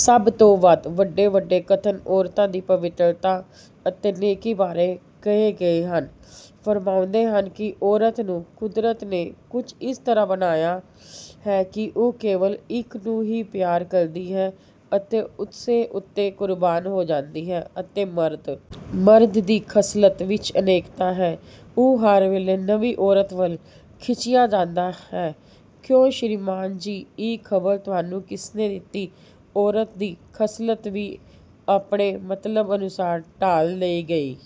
ਸਭ ਤੋਂ ਵੱਧ ਵੱਡੇ ਵੱਡੇ ਕਥਨ ਔਰਤਾਂ ਦੀ ਪਵਿੱਤਰਤਾ ਅਤੇ ਨੇਕੀ ਬਾਰੇ ਕਹੇ ਗਏ ਹਨ। ਫ਼ਰਮਾਉਂਦੇ ਹਨ ਕਿ 'ਔਰਤ ਨੂੰ ਕੁਦਰਤ ਨੇ ਕੁਝ ਇਸ ਤਰ੍ਹਾਂ ਬਣਾਇਆ ਹੈ ਕਿ ਉਹ ਕੇਵਲ ਇੱਕ ਨੂੰ ਹੀ ਪਿਆਰ ਕਰਦੀ ਹੈ ਅਤੇ ਉਸੇ ਉੱਤੇ ਕੁਰਬਾਨ ਹੋ ਜਾਂਦੀ ਹੈ'ਅਤੇ ਮਰਦ! 'ਮਰਦ ਦੀ ਖਸਲਤ ਵਿੱਚ 'ਅਨੇਕਤਾ' ਹੈ। ਉਹ ਹਰ ਵੇਲੇ ਨਵੀਂ ਔਰਤ ਵੱਲ ਖਿੱਚਿਆ ਜਾਂਦਾ ਹੈ।' ਕਿਉਂ ਸ੍ਰੀਮਾਨ ਜੀ ਇਹ ਖ਼ਬਰ ਤੁਹਾਨੂੰ ਕਿਸਨੇ ਦਿੱਤੀ? ਔਰਤ ਦੀ ਖਸਲਤ ਵੀ ਆਪਣੇ ਮਤਲਬ ਅਨੁਸਾਰ ਢਾਲ ਲਈ ਗਈ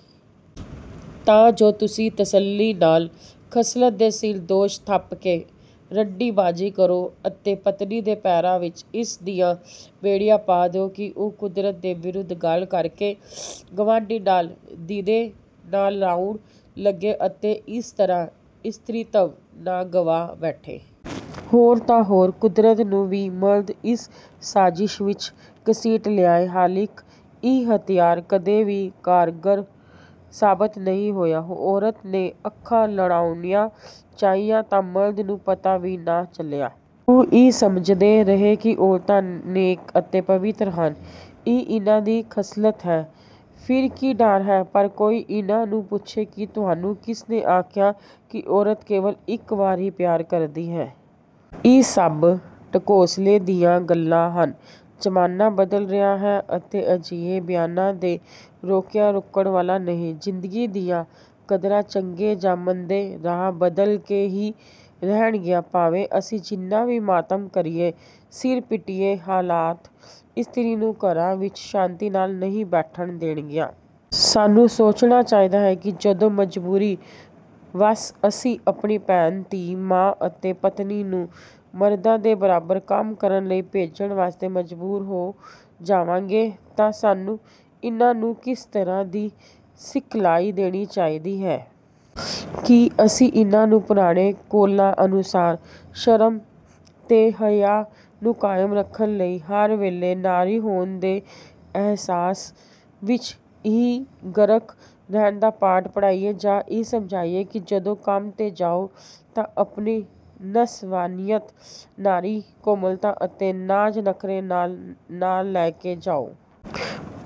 ਤਾਂ ਜੋ ਤੁਸੀਂ ਤਸੱਲੀ ਨਾਲ ਖਸਲਤ ਦੇ ਸਿਰ ਦੋਸ਼ ਥੱਪ ਕੇ 'ਰੰਡੀ-ਬਾਜ਼ੀ' ਕਰੋ ਅਤੇ ਪਤਨੀ ਦੇ ਪੈਰਾਂ ਵਿੱਚ ਇਸ ਦੀਆਂ ਬੇੜੀਆਂ ਪਾ ਦਿਓ ਕਿ ਉਹ ਕੁਦਰਤ ਦੇ ਵਿਰੁੱਧ ਗੱਲ ਕਰਕੇ, ਗਵਾਂਢੀ ਨਾਲ ਦੀਦੇ ਨਾ ਲੜਾਉਣ ਲੱਗੇ ਅਤੇ ਇਸ ਤਰ੍ਹਾਂ 'ਇਸਤਰੀਤਵ' ਨਾ ਗਵਾ ਬੈਠੇ। ਹੋਰ ਤਾਂ ਹੋਰ ਕੁਦਰਤ ਨੂੰ ਵੀ ਮਰਦ ਇਸ ਸਾਜ਼ਿਸ਼ ਵਿੱਚ ਘਸੀਟ ਲਿਆਏ। ਹਾਲਾਂਕਿ ਇਹ ਹਥਿਆਰ ਕਦੇ ਵੀ ਕਾਰਗਰ ਸਾਬਤ ਨਹੀਂ ਹੋਇਆ। ਔਰਤ ਨੇ ਅੱਖਾਂ ਲੜਾਉਣੀਆਂ ਚਾਹੀਆਂ ਤਾਂ ਮਰਦਾਂ ਨੂੰ ਪਤਾ ਵੀ ਨਾ ਚੱਲਿਆ। ਉਹ, ਇਹੀ ਸਮਝਦੇ ਰਹੇ ਕਿ ਔਰਤਾਂ ਨੇਕ ਅਤੇ ਪਵਿੱਤਰ ਹਨ। ਇਹ ਇਹਨਾਂ ਦੀ ਖਸਲਤ ਹੈ। ਫਿਰ ਕੀ ਡਰ ਹੈ? ਪਰ ਕੋਈ ਇਹਨਾਂ ਨੂੰ ਪੁੱਛੇ ਕਿ ਤੁਹਾਨੂੰ ਕਿਸ ਨੇ ਆਖਿਆ ਕਿ ਔਰਤ ਕੇਵਲ ਇੱਕ ਵਾਰ ਹੀ ਪਿਆਰ ਕਰਦੀ ਹੈ? ਇਹ ਸਭ ਢਕੌਂਸਲੇ ਦੀਆਂ ਗੱਲਾਂ ਹਨ। ਜ਼ਮਾਨਾ ਬਦਲ ਰਿਹਾ ਹੈ ਅਤੇ ਅਜਿਹੇ ਬਿਆਨਾਂ ਦੇ ਰੋਕਿਆਂ, ਰੁਕਣ ਵਾਲਾ ਨਹੀਂ। ਜ਼ਿੰਦਗੀ ਦੀਆਂ ਕਦਰਾਂ ਚੰਗੇ ਜਾਂ ਮੰਦੇ ਰਾਹ ਬਦਲ ਕੇ ਹੀ ਰਹਿਣਗੀਆਂ ਭਾਵੇਂ ਅਸੀਂ ਜਿੰਨਾ ਵੀ ਮਾਤਮ ਕਰੀਏ, ਸਿਰ ਪਿੱਟੀਏ, ਹਾਲਾਤ, ਇਸਤਰੀ ਨੂੰ ਘਰਾਂ ਵਿੱਚ ਸ਼ਾਂਤੀ ਨਾਲ ਨਹੀਂ ਬੈਠਣ ਦੇਣਗੀਆਂ। ਸਾਨੂੰ ਸੋਚਣਾ ਚਾਹੀਦਾ ਹੈ ਕਿ ਜਦੋਂ ਮਜਬੂਰੀ-ਵਸ ਅਸੀਂ ਆਪਣੀ ਭੈਣ, ਧੀ, ਮਾਂ ਅਤੇ ਪਤਨੀ ਨੂੰ ਮਰਦਾਂ ਦੇ ਬਰਾਬਰ ਕੰਮ ਕਰਨ ਲਈ ਭੇਜਣ ਵਾਸਤੇ ਮਜਬੂਰ ਹੋ ਜਾਵਾਂਗੇ ਤਾਂ ਸਾਨੂੰ ਇਹਨਾਂ ਨੂੰ ਕਿਸ ਤਰ੍ਹਾਂ ਦੀ ਸਿਖਲਾਈ ਦੇਣੀ ਚਾਹੀਦੀ ਹੈ। ਕੀ ਅਸੀਂ ਇਹਨਾਂ ਨੂੰ ਪੁਰਾਣੇ ਕੌਲਾਂ ਅਨੁਸਾਰ ਸ਼ਰਮ ਤੇ ਹਯਾ ਨੂੰ ਕਾਇਮ ਰੱਖਣ ਲਈ ਹਰ ਵੇਲੇ 'ਨਾਰੀ' ਹੋਣ ਦੇ ਅਹਿਸਾਸ ਵਿੱਚ ਹੀ ਗਰਕ ਰਹਿਣ ਦਾ ਪਾਠ ਪੜ੍ਹਾਈਏ। ਜਾਂ ਇਹ ਸਮਝਾਈਏ ਕਿ ਜਦੋਂ ਕੰਮ 'ਤੇ ਜਾਓ ਤਾਂ ਆਪਣੀ ਨਸਵਾਨੀਅਤ, ਨਾਰੀ-ਕੋਮਲਤਾ ਅਤੇ ਨਾਜ਼-ਨਖ਼ਰੇ, ਨਾਲ ਨਾ ਲੈ ਕੇ ਜਾਓ।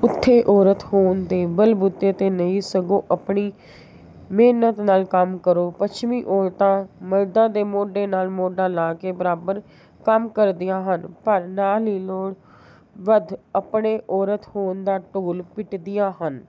ਉੱਥੇ 'ਔਰਤ' ਹੋਣ ਦੇ ਬਲ-ਬੂਤੇ 'ਤੇ ਨਹੀਂ ਸਗੋਂ ਆਪਣੀ ਮਿਹਨਤ ਨਾਲ ਕੰਮ ਕਰੋ। ਪੱਛਮੀ ਔਰਤਾਂ ਮਰਦਾਂ ਦੇ 'ਮੋਢੇ ਨਾਲ ਮੋਢਾ' ਲਾ ਕੇ ਬਰਾਬਰ ਕੰਮ ਕਰਦੀਆਂ ਹਨ ਪਰ ਨਾਲ ਹੀ ਲੋੜੋਂ ਵੱਧ ਆਪਣੇ ਔਰਤ ਹੋਣ ਦਾ ਢੋਲ ਪਿੱਟਦੀਆਂ ਹਨ।